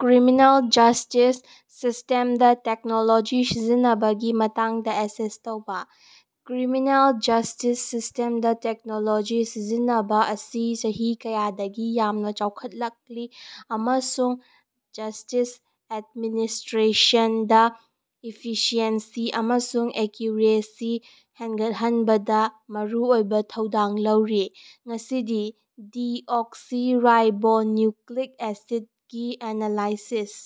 Criminal justice ꯁꯤꯁ꯭ꯇꯦꯝꯗ technology ꯁꯤꯖꯤꯟꯅꯕꯒꯤ ꯃꯇꯥꯡꯗ access ꯇꯧꯕ꯫ ꯀ꯭ꯔꯤꯃꯤꯅꯦꯜ ꯖꯁ꯭ꯇꯤꯁ ꯁꯤꯁ꯭ꯇꯦꯝꯗ ꯇꯦꯛꯅꯣꯂꯣꯖꯤ ꯁꯤꯖꯤꯟꯅꯕ ꯑꯁꯤ ꯆꯍꯤ ꯀꯌꯥꯗꯒꯤ ꯌꯥꯝꯅ ꯆꯥꯎꯈꯠꯂꯛꯂꯤ ꯑꯃꯁꯨꯡ ꯖꯁ꯭ꯇꯤꯁ ꯑꯦꯗꯃꯤꯅꯤꯁꯇ꯭ꯔꯦꯁꯟꯗ ꯏꯐꯤꯁꯤꯑꯦꯟꯁꯤ ꯑꯃꯁꯨꯡ ꯑꯦꯛꯌꯨꯔꯦꯁꯤ ꯍꯦꯟꯒꯠꯍꯟꯕꯗ ꯃꯔꯨꯑꯣꯏꯕ ꯊꯧꯗꯥꯡ ꯂꯧꯔꯤ꯫ ꯉꯁꯤꯗꯤ ꯗꯤꯑꯣꯛꯁꯤꯔꯥꯏꯕꯣꯅ꯭ꯌꯨꯛꯂꯤꯛ ꯑꯦꯁꯤꯗ ꯒꯤ ꯑꯦꯅꯥꯂꯥꯏꯁꯤꯁ,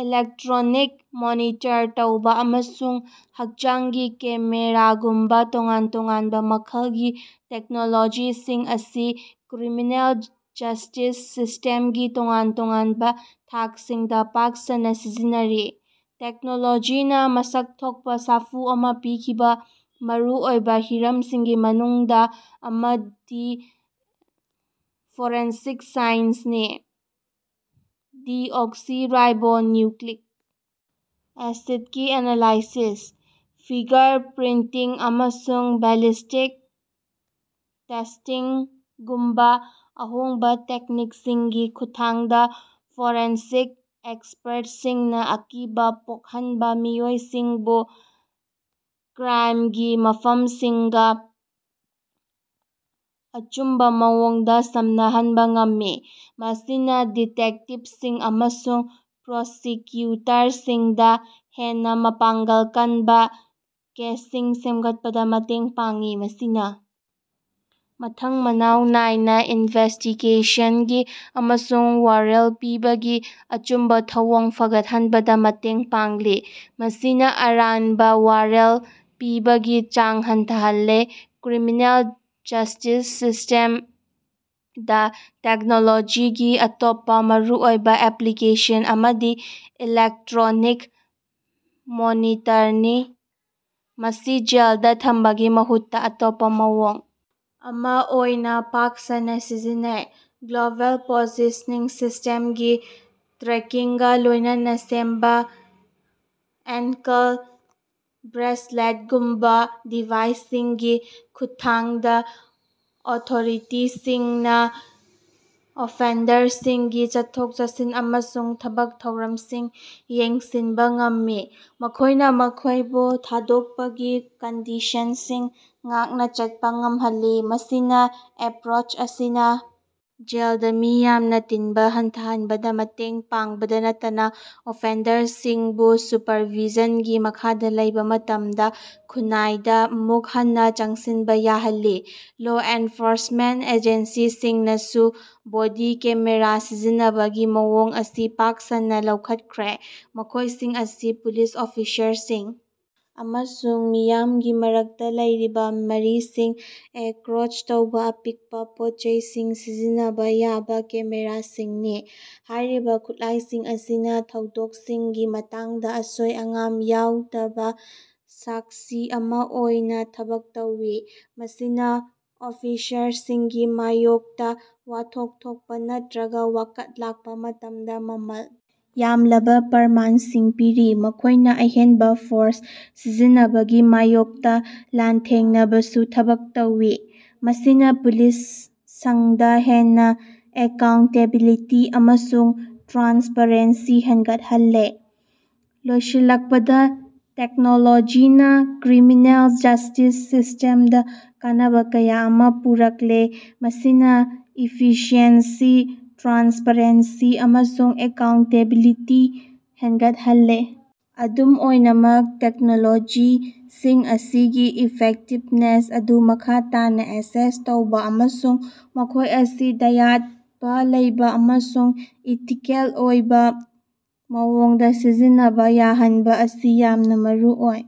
ꯏꯂꯦꯛꯇꯔꯣꯅꯤꯛ ꯃꯣꯅꯤꯇꯔ ꯇꯧꯕ ꯑꯃꯁꯨꯡ ꯍꯛꯆꯥꯡꯒꯤ ꯀꯦꯃꯦꯔꯥꯒꯨꯝꯕꯥ ꯇꯣꯉꯥꯟ ꯇꯣꯉꯥꯟꯕ ꯃꯈꯜꯒꯤ ꯇꯦꯛꯅꯣꯂꯣꯖꯤꯁꯤꯡ ꯑꯁꯤ ꯀ꯭ꯔꯤꯃꯤꯅꯦꯜ ꯖꯁ꯭ꯇꯤꯁ ꯁꯤꯁ꯭ꯇꯦꯝꯒꯤ ꯇꯣꯉꯥꯟ ꯇꯣꯉꯥꯟꯕ ꯊꯥꯛꯁꯤꯡꯗ ꯄꯥꯛ ꯁꯟꯅ ꯁꯤꯖꯤꯟꯅꯔꯤ꯫ ꯇꯦꯛꯅꯣꯂꯣꯖꯤꯅ ꯃꯁꯛ ꯊꯣꯛꯄ ꯁꯥꯐꯨ ꯑꯃ ꯄꯤꯈꯤꯕ ꯃꯔꯨ ꯑꯣꯏꯕ ꯍꯤꯔꯝꯁꯤꯡꯒꯤ ꯃꯅꯨꯡꯗ ꯑꯃꯗꯤ ꯐꯣꯔꯦꯟꯁꯤꯛ ꯁꯥꯏꯟꯁꯅꯤ꯫ꯗꯤꯑꯣꯛꯁꯤꯔꯥꯏꯕꯣꯅ꯭ꯌꯨꯛꯂꯤꯛ ꯑꯦꯁꯤꯗꯒꯤ ꯑꯦꯅꯥꯂꯥꯏꯁꯤꯁ, ꯐꯤꯒꯔ ꯄ꯭ꯔꯤꯟꯇꯤꯡ, ꯑꯃꯁꯨꯡ ꯕꯦꯂꯤꯁ꯭ꯇꯤꯛ ꯇꯦꯁ꯭ꯇꯤꯡꯒꯨꯝꯕ ꯑꯍꯣꯡꯕ ꯇꯦꯛꯅꯤꯛꯁꯤꯡꯒꯤ ꯈꯨꯠꯊꯥꯡꯗ ꯐꯣꯔꯦꯟꯁꯤꯛ ꯑꯦꯛꯁꯄꯔꯇꯁꯤꯡꯅ ꯑꯀꯤꯕ ꯄꯣꯛꯍꯟꯕ ꯃꯤꯑꯣꯏꯁꯤꯡꯕꯨ ꯀ꯭ꯔꯥꯏꯝꯒꯤ ꯃꯐꯝꯁꯤꯡꯒ ꯑꯆꯨꯝꯕ ꯃꯑꯣꯡꯗ ꯁꯝꯅꯍꯟꯕ ꯉꯝꯃꯤ꯫ ꯃꯁꯤꯅ ꯗꯤꯇꯦꯛꯇꯤꯚꯁꯤꯡ ꯑꯃꯁꯨꯡ ꯄ꯭ꯔꯣꯁꯤꯛꯀ꯭ꯌꯨꯇꯔꯁꯤꯡꯗ ꯍꯦꯟꯅ ꯃꯄꯥꯡꯒꯜ ꯀꯟꯕ ꯀꯦꯁꯁꯤꯡ ꯁꯦꯝꯒꯠꯄꯗ ꯃꯇꯦꯡ ꯄꯥꯡꯏ꯫ ꯃꯁꯤꯅ ꯃꯊꯪ ꯃꯅꯥꯎ ꯅꯥꯏꯅ ꯏꯟꯚꯦꯁ꯭ꯇꯤꯒꯦꯁꯟꯁꯤꯡ ꯑꯃꯁꯨꯡ ꯋꯥꯌꯦꯜ ꯄꯤꯕꯒꯤ ꯑꯆꯨꯝꯕ ꯊꯧꯑꯣꯡ ꯐꯒꯠꯍꯟꯕꯗ ꯃꯇꯦꯡ ꯄꯥꯡꯂꯤ꯫ ꯃꯁꯤꯅ ꯑꯔꯥꯟꯕ ꯋꯥꯌꯦꯜ ꯄꯤꯕꯒꯤ ꯆꯥꯡ ꯍꯟꯊꯍꯜꯂꯦ꯫ ꯀ꯭ꯔꯤꯃꯤꯅꯦꯜ ꯖꯁ꯭ꯇꯤꯁ ꯁꯤꯁ꯭ꯇꯦꯝ ꯗꯥ ꯇꯦꯛꯅꯣꯂꯣꯖꯤꯒꯤ ꯑꯇꯣꯞꯄ ꯃꯔꯨꯑꯣꯏꯕ ꯑꯦꯞꯂꯤꯀꯦꯁꯟ ꯑꯃꯗꯤ ꯏꯂꯦꯛꯇꯔꯣꯅꯤꯛ ꯃꯣꯅꯤꯇꯔꯅꯤ꯫ꯃꯁꯤ ꯖꯦꯜꯗ ꯊꯝꯕꯒꯤ ꯃꯍꯨꯠꯇ ꯑꯇꯣꯞꯄ ꯃꯑꯣꯡ ꯑꯃ ꯑꯣꯏꯅ ꯄꯥꯛ ꯁꯟꯅ ꯁꯤꯖꯤꯟꯅꯩ꯫ ꯒ꯭ꯂꯣꯕꯦꯜ ꯄꯣꯖꯤꯁꯅꯤꯡ ꯁꯤꯁ꯭ꯇꯦꯝꯀꯤ ꯇ꯭ꯔꯦꯀꯤꯡꯒ ꯂꯣꯏꯅꯅ ꯁꯦꯝꯕ ꯑꯦꯟꯀꯦꯜ ꯕ꯭ꯔꯦꯁꯂꯦꯠꯒꯨꯝꯕ ꯗꯤꯚꯥꯏꯁꯁꯤꯡꯒꯤ ꯈꯨꯠꯊꯥꯡꯗ ꯑꯣꯊꯣꯔꯤꯇꯤꯁꯤꯡꯅ ꯑꯣꯐꯦꯟꯗꯔꯁꯤꯡꯒꯤ ꯆꯠꯊꯣꯛ-ꯆꯠꯁꯤꯟ ꯑꯃꯁꯨꯡ ꯊꯕꯛ ꯊꯧꯔꯝꯁꯤꯡ ꯌꯦꯡꯁꯤꯟꯕ ꯉꯝꯃꯤ꯫ ꯃꯈꯣꯏꯅ ꯃꯈꯣꯏꯕꯨ ꯊꯥꯗꯣꯛꯄꯒꯤ ꯀꯟꯗꯤꯁꯟꯁꯤꯡ ꯉꯥꯛꯅ ꯆꯠꯄ ꯉꯝꯍꯜꯂꯤ꯫ ꯃꯁꯤꯅ ꯑꯦꯄꯔꯣꯁ ꯑꯁꯤꯅꯥ, ꯖꯦꯜꯗ ꯃꯤ ꯌꯥꯝꯅ ꯇꯤꯟꯕ ꯍꯟꯊꯍꯟꯕꯗ ꯃꯇꯦꯡ ꯄꯥꯡꯕꯇ ꯅꯠꯇꯅ ꯑꯣꯐꯦꯟꯗꯔꯁꯤꯡꯕꯨ ꯁꯨꯄꯔꯚꯤꯖꯟꯒꯤ ꯃꯈꯥꯗ ꯂꯩꯕ ꯃꯇꯝꯗ ꯈꯨꯟꯅꯥꯏꯗ ꯑꯃꯨꯛ ꯍꯟꯅꯥ ꯆꯪꯁꯤꯟꯕ ꯌꯥꯍꯜꯂꯤ꯫ ꯂꯣ ꯑꯦꯐꯣꯔꯁꯃꯦꯟꯇ ꯑꯦꯖꯦꯟꯁꯤꯁꯤꯡꯅꯁꯨ ꯕꯣꯗꯤ ꯀꯦꯃꯦꯔꯥ ꯁꯤꯖꯤꯟꯅꯕꯒꯤ ꯃꯑꯣꯡ ꯑꯁꯤ ꯄꯥꯛ ꯁꯟꯅ ꯂꯧꯈꯠꯈ꯭ꯔꯦ꯫ ꯃꯈꯣꯏꯁꯤꯡ ꯑꯁꯤ ꯄꯨꯂꯤꯁ ꯑꯣꯐꯤꯁꯔꯁꯤꯡ ꯑꯃꯁꯨꯡ ꯃꯤꯌꯥꯝꯒꯤ ꯃꯔꯛꯇ ꯂꯩꯔꯤꯕ ꯃꯔꯤꯁꯤꯡ ꯔꯦꯀ꯭ꯔꯣꯗ ꯇꯧꯕ ꯑꯄꯤꯛꯄ ꯄꯣꯠꯆꯩꯁꯤꯡ ꯁꯤꯖꯤꯟꯅꯕ ꯌꯥꯕ ꯀꯦꯃꯦꯔꯥꯁꯤꯡꯅꯤ꯫ ꯍꯥꯏꯔꯤꯕ ꯈꯨꯠꯂꯥꯏꯁꯤꯡ ꯑꯁꯤꯅ ꯊꯧꯗꯣꯛꯁꯤꯡꯒꯤ ꯃꯇꯥꯡꯗ ꯑꯁꯣꯏ-ꯑꯉꯥꯝ ꯌꯥꯎꯗꯕ ꯁꯥꯛꯁꯤ ꯑꯃ ꯑꯣꯏꯅ ꯊꯕꯛ ꯇꯧꯏ꯫ꯃꯁꯤꯅ ꯑꯣꯐꯤꯁꯔꯁꯤꯡꯒꯤ ꯃꯥꯌꯣꯛꯇ ꯋꯥꯊꯣꯛ ꯊꯣꯛꯄ ꯅꯠꯇꯔꯒ ꯋꯥꯀꯠ ꯂꯥꯛꯄ ꯃꯇꯝꯗ ꯃꯃꯜ ꯌꯥꯝꯂꯕ ꯄ꯭ꯔꯃꯥꯟꯁꯤꯡ ꯄꯤꯔꯤ꯫ ꯃꯈꯣꯏꯅ ꯑꯍꯦꯟꯕ ꯐꯣꯔꯁ ꯁꯤꯖꯤꯟꯅꯕꯒꯤ ꯃꯥꯌꯣꯛꯇ ꯂꯥꯟꯊꯦꯡꯅꯕꯁꯨ ꯊꯕꯛ ꯇꯧꯏ꯫ꯃꯁꯤꯅ ꯄꯨꯂꯤꯁ ꯁꯡꯗ ꯍꯦꯟꯅ ꯑꯦꯀꯥꯎꯟꯇꯦꯕꯤꯂꯤꯇꯤ ꯑꯃꯁꯨꯡ ꯇ꯭ꯔꯥꯟꯁꯄꯔꯦꯟꯁꯤ ꯍꯦꯟꯒꯠꯍꯜꯂꯤ꯫ ꯂꯣꯏꯁꯤꯜꯂꯛꯄꯗ ꯇꯦꯛꯅꯣꯂꯣꯖꯤꯅꯥ ꯀ꯭ꯔꯤꯃꯤꯅꯦꯜ ꯖꯁ꯭ꯇꯤꯁ ꯁꯤꯁ꯭ꯇꯦꯝꯗ ꯀꯥꯟꯅꯕ ꯀꯌꯥ ꯑꯃ ꯄꯨꯔꯛꯂꯦ ꯃꯁꯤꯅ ꯏꯐꯤꯁꯤꯑꯦꯟꯁꯤ, ꯇ꯭ꯔꯥꯟꯁꯄꯔꯦꯟꯁꯤ ꯑꯃꯁꯨꯡ ꯑꯦꯀꯥꯎꯟꯇꯦꯕꯤꯂꯤꯇꯤ ꯍꯦꯟꯒꯠꯍꯜꯂꯦ꯫ ꯑꯗꯨꯝ ꯑꯣꯏꯅꯃꯛ, ꯇꯦꯛꯅꯣꯂꯣꯖꯤꯁꯤꯡ ꯑꯁꯤꯒꯤ ꯏꯐꯦꯛꯇꯤꯕꯅꯦꯁ ꯑꯗꯨ ꯃꯈꯥ ꯇꯥꯅꯥ ꯑꯦꯁꯦꯁ ꯇꯧꯕ ꯑꯃꯁꯨꯡ ꯃꯈꯣꯏ ꯑꯁꯤ ꯗꯥꯌꯠꯕ ꯂꯩꯕ ꯑꯃꯁꯨꯡ ꯏꯊꯤꯀꯦꯜ ꯑꯣꯏꯕ ꯃꯑꯣꯡꯗ ꯁꯤꯖꯤꯟꯅꯕ ꯌꯥꯍꯟꯕ ꯑꯁꯤ ꯌꯥꯝꯅ ꯃꯔꯨꯑꯣꯏ꯫